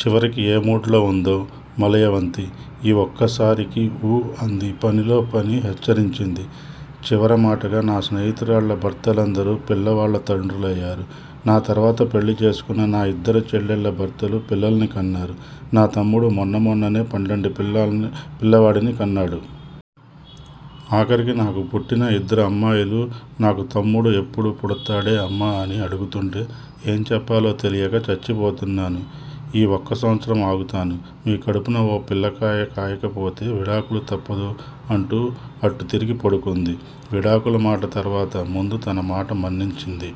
చివరికి ఏ మూడ్ లో వుందో మలయవంతి ఈ వక్కసారికి ఊ అంది పనిలో పని హెచ్చరించింది. చివర మాటగ నా స్నేహితురాళ్ళ భర్తలందరూ పిల్లవాళ్ళ తండ్రులయారు, నా తర్వాత పెళ్ళి చేసుకున్న నా ఇద్దరు చెల్లెళ్ళ భర్తలు పిల్లలని కన్నారు. నా తమ్ముడు మొన్న మొన్ననే పండంటి పిల్లవాడిని కన్నాడు. ఆఖరికి నాకు పుట్టిన ఇద్దరు అమ్మాయిలు నాకు తమ్ముడు ఎప్పుడు పుడతాడేఅమ్మా అని అడుగుతుంటే ఏం చెప్పాలో తెలియక చచ్చిపోతున్నాను. ఈ వక్క సంవత్సరము ఆగుతాను. మీ కడుపునా ఓ పిల్లకాయ కాయకపోతే విడాకులు తప్పదు అంటూ అటు తిరిగి పడుకుంది. విడాకుల మాట తర్వాత ముందు తన మాట మన్నించింది.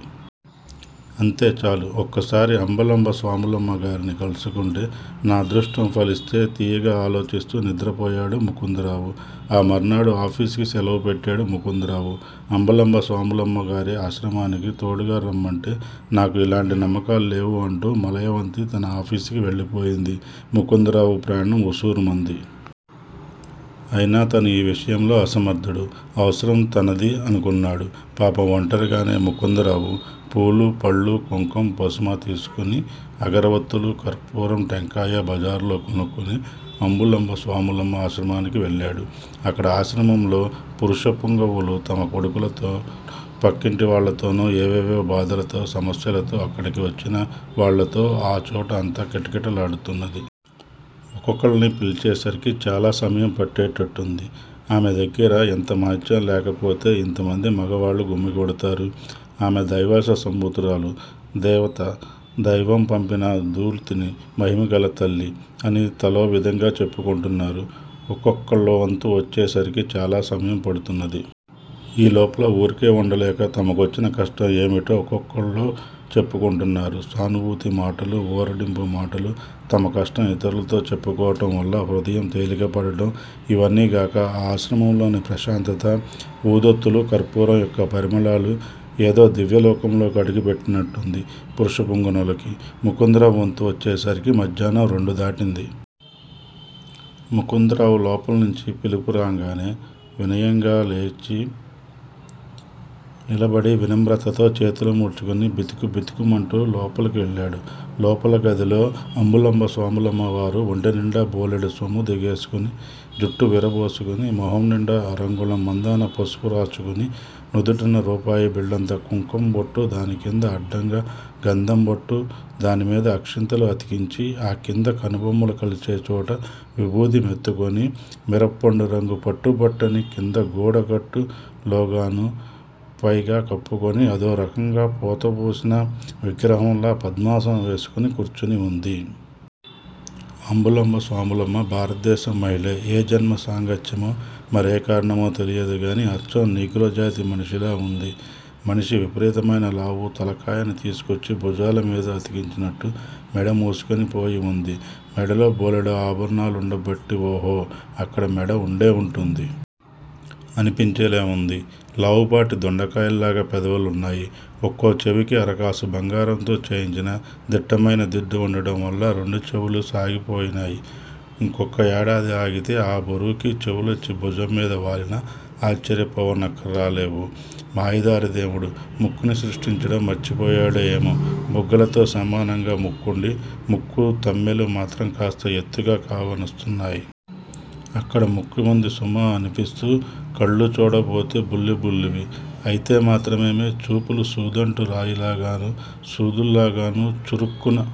అంతే చాలు. వక్కసారి అంబలంబ స్వాములమ్మగారిని కల్సుకుంటే నా అదృష్టం ఫలిస్తే తీయగ ఆలోచిస్తూ నిద్రపోయాడు ముకుందరావు. ఆ మర్నాడు ఆఫీసుకి శెలవు పెట్టాడు ముకుందరావు. అంబలంబ స్వాములమ్మగారి ఆశ్రమానికి తోడుగరమ్మంటే నాకు ఇలాంటి నమ్మకాలు లేవు అంటూ మలయవంతి తన ఆఫీసుకి వెళ్ళిపోయింది. ముకుందరావు ప్రాణం వుసూరుమంది. అయినా తను యీ విషయంలో అసమర్ధుడు. అవసరం తనది అనుకున్నాడు. పాపం వంటరిగానే ముకుందరావు పూలు పళ్ళు కుంకం పసుపు తీసుకుని అగరవత్తులు కర్పూరం టెంకాయ జబారులో కొనుక్కుని అంబులంబ స్వాములమ్మ ఆశ్రమానికి వెళ్ళాడు. అక్కడ. ఆశ్రమంలో పురుష పుంగవులు తమ కొడుకులతోను పక్కింటి వాళ్ళతోనూ ఏవేవో బాధలతో సమస్యలతో అక్కడికి వచ్చిన వాళ్ళతో ఆచోటఅంత కిటకిటలాడుతున్నది. ఒక్కొక్కళ్ళని పిలిచే సారికి చాలా సమయం పట్టేట్టుంది. ఆమె దగ్గర ఎంత మహాత్యం లేకపోతే ఇంతమంది మగవాళ్ళు గుమి గూడతారు. ఆమె దైవాంశ సంభూతురాలు దేవత దైవం పంపిన దూతిణి మహిమగల తల్లి. అని తలో విధంగ చెప్పుకుంటున్నారు. ఒక్కొక్కళ్ళ వంతు వచ్చేసారికి చాలా సమయం పడుతున్నది. యీ లోపల ఊరికే ఉండలేక తమకొచ్చిన కష్టం ఏమిటో ఒక్కోళ్ళకొకళ్ళు చెప్పుకొంటున్నారు. సానుభూతి మాటలు, ఊరడింపుమాటలు, తమకష్టం ఇతరులతో చెప్పుకోవటం వల్ల హృదయం తేలిక పడటం ఇవన్నీగాక ఆ ఆశ్రమంలోని ప్రశాంతత ఊదొత్తులు, కర్పూరం యొక్క పరిమళాలు ఏదో దివ్యలోకంలోకి అడుగుపెట్టినట్టుంది. పురుష పుంగవులకి. ముకుందరావు వంతు వచ్చేసరికి మధ్యాహ్నం రెండు దాటింది. ముకుందరావుకి లోపల్నించి పిలుపు రాంగానే వినయంగ లేచి నిలబడి వినమ్రతతో చేతులు ముడుచుకుని బితుకు బితుకుమంటు లోపలికెళ్ళాడు. లోపల గదిలో అంబులంబ స్వాములమ్మగారు ఒంటి నిండా బోలెడు సొమ్ము దిగేసుకొని జుట్టు విరబోసుకుని మొహంనిండా అరంగుళం మందాన పసుపు రాచుకుని నుదుటన రూపాయి బిళ్ళంత కుంకం బొట్టు దానికింద అడ్డంగ గంధంబొట్టు దానిమీద అక్షింతలు అతికించి ఆ కింద కనుబొమ్మలు కలిసేచోట విభూతి మెత్తుకొని మిరప్పండు రంగు పట్టుబట్టని కింద గూడకట్టు లోగాను పైన కప్పుకుని అదోరకంగ పోతపోసిన విగ్రహంలా పద్మాసనం వేసుకుని కూర్చుని వుంది. అంబులంబ స్వాములమ్మ భారతదేశం మహిళే. ఏ జన్మ సాంగత్యమో మరే కారణమో తెలియదుగాని అచ్చం నీగ్రోజాతి మనిషిలా ఉంది మనిషి విపరీతమైన లావు తల కాయని తీసుకొచ్చి భుజాల మీద ఆనించినట్టు మెడ మూసుకొని పోయి వుంది. మెడలో బోలెడు ఆభరణాలుండ బట్టి ఓహో! అక్కడ మెడ ఉండే వుంటుంది. అనిపించేలా ఉంది. లావుపాటి దొండకాయల్లాగ పెదవులున్నాయ్. ఒక్కోచెవికి అరకాసు బంగారంతో చేయించిన దిట్టమైన దిద్దు ఉండటం వల్ల రెండు చెవులూ సాగిపోయున్నాయ్. ఇంకొక్క ఏడాది ఆగితే ఆ బరువుకి చెవులొచ్చి భుజం మీద వాలినా ఆశ్చర్యపోనక్కరాలేవు. మాయదారి దేవుడు! ముక్కుని సృష్టించడం మర్చిపోయాడో ఏమో! బుగ్గలతో సమానంగ ముక్కుండి ముక్కు తమ్మెలు మాత్రం కాస్త ఎత్తుగా కానవస్తున్నాయ్. అక్కడ ముక్క వుంది సుమా అనిపిస్తూ. కళ్ళు చూడబోతే బుల్లి బుల్లివి. అయితే మాత్రమేమి? చూపులు సూదంటు రాయిలాగాను, సూదుల్లాగాలు చురుక్కున